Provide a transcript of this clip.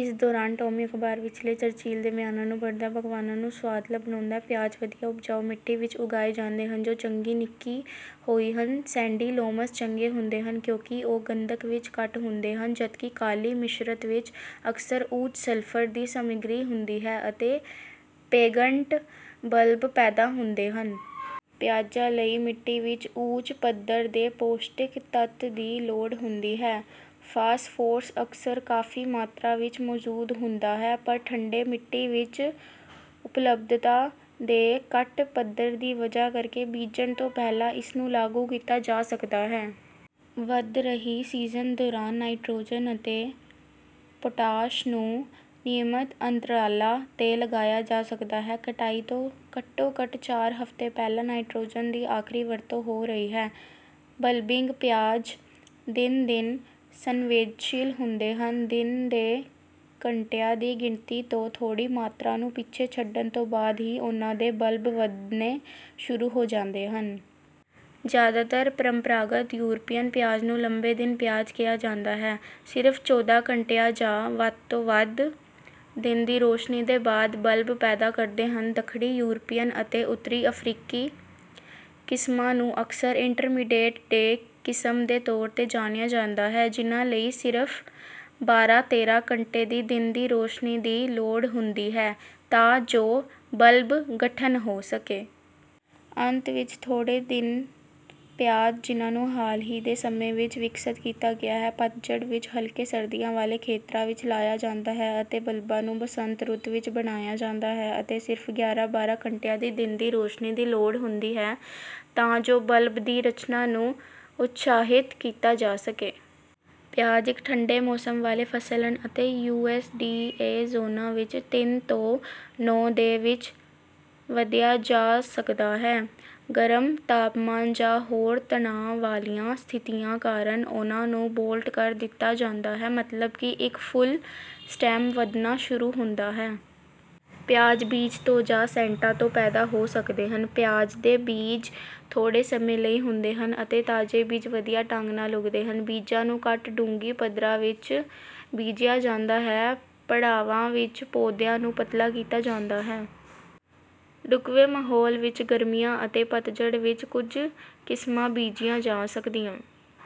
ਇਸ ਦੌਰਾਨ ਟੌਮੀ ਅਖਬਾਰ ਵਿੱਚਲੇ ਚਰਚਿਲ ਦੇ ਬਿਆਨਾਂ ਨੂੰ ਪੜ੍ਹਦਾ ਹੈ। ਪਕਵਾਨਾਂ ਨੂੰ ਸੁਆਦਲਾ ਬਣਾਉਂਦਾ ਹੈ। ਪਿਆਜ਼ ਵਧੀਆ ਉਪਜਾਊ ਮਿੱਟੀ ਵਿੱਚ ਉਗਾਏ ਜਾਂਦੇ ਹਨ ਜੋ ਚੰਗੀ ਨਿੱਕੀ ਹੋਈ ਹਨ ਸੈਂਡੀ ਲੋਮਜ਼ ਚੰਗੇ ਹੁੰਦੇ ਹਨ ਕਿਉਂਕਿ ਉਹ ਗੰਧਕ ਵਿੱਚ ਘੱਟ ਹੁੰਦੇ ਹਨ ਜਦਕਿ ਕਾਲੀ ਮਿਸ਼ਰਤ ਵਿੱਚ ਅਕਸਰ ਉੱਚ ਸਲਫਰ ਦੀ ਸਮਗਰੀ ਹੁੰਦੀ ਹੈ ਅਤੇ ਪੇੰਗਟ ਬਲਬ ਪੈਦਾ ਹੁੰਦੇ ਹਨ। ਪਿਆਜ਼ਾਂ ਲਈ ਮਿੱਟੀ ਵਿੱਚ ਉੱਚ ਪੱਧਰ ਦੇ ਪੌਸ਼ਟਿਕ ਤੱਤ ਦੀ ਲੋੜ ਹੁੰਦੀ ਹੈ। ਫਾਸਫੋਰਸ ਅਕਸਰ ਕਾਫੀ ਮਾਤਰਾ ਵਿੱਚ ਮੌਜੂਦ ਹੁੰਦਾ ਹੈ ਪਰ ਠੰਡੇ ਮਿੱਟੀ ਵਿੱਚ ਉਪਲਬਧਤਾ ਦੇ ਘੱਟ ਪੱਧਰ ਦੀ ਵਜ੍ਹਾ ਕਰਕੇ ਬੀਜਣ ਤੋਂ ਪਹਿਲਾਂ ਇਸਨੂੰ ਲਾਗੂ ਕੀਤਾ ਜਾ ਸਕਦਾ ਹੈ। ਵਧ ਰਹੀ ਸੀਜ਼ਨ ਦੌਰਾਨ ਨਾਈਟ੍ਰੋਜਨ ਅਤੇ ਪੋਟਾਸ਼ ਨੂੰ ਨਿਯਮਤ ਅੰਤਰਾਲਾਂ ਤੇ ਲਗਾਇਆ ਜਾ ਸਕਦਾ ਹੈ ਕਟਾਈ ਤੋਂ ਘੱਟੋ ਘੱਟ ਚਾਰ ਹਫਤੇ ਪਹਿਲਾਂ ਨਾਈਟ੍ਰੋਜਨ ਦੀ ਆਖਰੀ ਵਰਤੋਂ ਹੋ ਰਹੀ ਹੈ। ਬਲਬਿੰਗ ਪਿਆਜ਼ ਦਿਨ ਦਿਨ ਸੰਵੇਦਨਸ਼ੀਲ ਹੁੰਦੇ ਹਨ ਦਿਨ ਦੇ ਘੰਟਿਆਂ ਦੀ ਗਿਣਤੀ ਤੋਂ ਥੋੜ੍ਹੀ ਮਾਤਰਾ ਨੂੰ ਪਿੱਛੇ ਛੱਡਣ ਤੋਂ ਬਾਅਦ ਹੀ ਉਨ੍ਹਾਂ ਦੇ ਬਲਬ ਵਧਣੇ ਸ਼ੁਰੂ ਹੋ ਜਾਂਦੇ ਹਨ। ਜ਼ਿਆਦਾਤਰ ਪਰੰਪਰਾਗਤ ਯੂਰਪੀਅਨ ਪਿਆਜ਼ ਨੂੰ ਲੰਬੇ ਦਿਨ ਪਿਆਜ਼ ਕਿਹਾ ਜਾਂਦਾ ਹੈ ਸਿਰਫ ਚੌਦਾਂ ਘੰਟਿਆਂ ਜਾਂ ਵੱਧ ਤੋਂ ਵੱਧ ਦਿਨ ਦੀ ਰੋਸ਼ਨੀ ਦੇ ਬਾਅਦ ਬਲਬ ਪੈਦਾ ਕਰਦੇ ਹਨ। ਦੱਖਣੀ ਯੂਰਪੀਅਨ ਅਤੇ ਉੱਤਰੀ ਅਫਰੀਕੀ ਕਿਸਮਾਂ ਨੂੰ ਅਕਸਰ ਇੰਟਰਮੀਡੀਏਟ ਡੇ ਕਿਸਮ ਦੇ ਤੌਰ ਤੇ ਜਾਣਿਆ ਜਾਂਦਾ ਹੈ ਜਿਨ੍ਹਾਂ ਲਈ ਸਿਰਫ ਬਾਰਾਂ ਤੇਰਾਂ ਘੰਟੇ ਦੀ ਦਿਨ ਦੀ ਰੋਸ਼ਨੀ ਦੀ ਲੋੜ ਹੁੰਦੀ ਹੈ ਤਾਂ ਜੋ ਬਲਬ ਗਠਨ ਹੋ ਸਕੇ। ਅੰਤ ਵਿੱਚ ਥੋੜੇ ਦਿਨ ਪਿਆਜ਼ ਜਿਨ੍ਹਾਂ ਨੂੰ ਹਾਲ ਹੀ ਦੇ ਸਮੇਂ ਵਿੱਚ ਵਿਕਸਤ ਕੀਤਾ ਗਿਆ ਹੈ ਪਤਝੜ ਵਿੱਚ ਹਲਕੇ ਸਰਦੀਆਂ ਵਾਲੇ ਖੇਤਰਾਂ ਵਿੱਚ ਲਾਇਆ ਜਾਂਦਾ ਹੈ ਅਤੇ ਬਲਬਾਂ ਨੂੰ ਬਸੰਤ ਰੁੱਤ ਵਿੱਚ ਬਣਾਇਆ ਜਾਂਦਾ ਹੈ ਅਤੇ ਸਿਰਫ ਗਿਆਰਾਂ ਬਾਰਾਂ ਘੰਟਿਆਂ ਦੀ ਦਿਨ ਦੀ ਰੋਸ਼ਨੀ ਦੀ ਲੋੜ ਹੁੰਦੀ ਹੈ ਤਾਂ ਜੋ ਬਲਬ ਦੀ ਰਚਨਾ ਨੂੰ ਉਤਸ਼ਾਹਿਤ ਕੀਤਾ ਜਾ ਸਕੇ। ਪਿਆਜ਼ ਇੱਕ ਠੰਢੇ ਮੌਸਮ ਵਾਲੇ ਫਸਲ ਹਨ ਅਤੇ ਯੂ ਐਸ ਡੀ ਏ ਜ਼ੋਨਾਂ ਵਿੱਚ ਤਿੰਨ ਤੋਂ ਨੌਂ ਦੇ ਵਿੱਚ ਵਧਿਆ ਜਾ ਸਕਦਾ ਹੈ। ਗਰਮ ਤਾਪਮਾਨ ਜਾਂ ਹੋਰ ਤਣਾਅ ਵਾਲੀਆਂ ਸਥਿਤੀਆਂ ਕਾਰਨ ਉਹਨਾਂ ਨੂੰ ਬੋਲਟ ਕਰ ਦਿੱਤਾ ਜਾਂਦਾ ਹੈ ਮਤਲਬ ਕਿ ਇੱਕ ਫੁੱਲ ਸਟੈਮ ਵਧਣਾ ਸ਼ੁਰੂ ਹੁੰਦਾ ਹੈ। ਪਿਆਜ਼ ਬੀਜ ਤੋਂ ਜਾਂ ਸੈਟਾਂ ਤੋਂ ਪੈਦਾ ਹੋ ਸਕਦੇ ਹਨ। ਪਿਆਜ਼ ਦੇ ਬੀਜ ਥੋੜੇ ਸਮੇਂ ਲਈ ਹੁੰਦੇ ਹਨ ਅਤੇ ਤਾਜ਼ੇ ਬੀਜ ਵਧੀਆ ਢੰਗ ਨਾਲ ਉਗਦੇ ਹਨ। ਬੀਜਾਂ ਨੂੰ ਘੱਟ ਡੂੰਘੀ ਪੱਧਰਾਂ ਵਿੱਚ ਬੀਜਿਆ ਜਾਂਦਾ ਹੈ ਪੜਾਵਾਂ ਵਿੱਚ ਪੌਦਿਆਂ ਨੂੰ ਪਤਲਾ ਕੀਤਾ ਜਾਂਦਾ ਹੈ। ਢੁਕਵੇਂ ਮਾਹੌਲ ਵਿੱਚ ਗਰਮੀਆਂ ਅਤੇ ਪਤਝੜ ਵਿੱਚ ਕੁਝ ਕਿਸਮਾਂ ਬੀਜੀਆਂ ਜਾ ਸਕਦੀਆਂ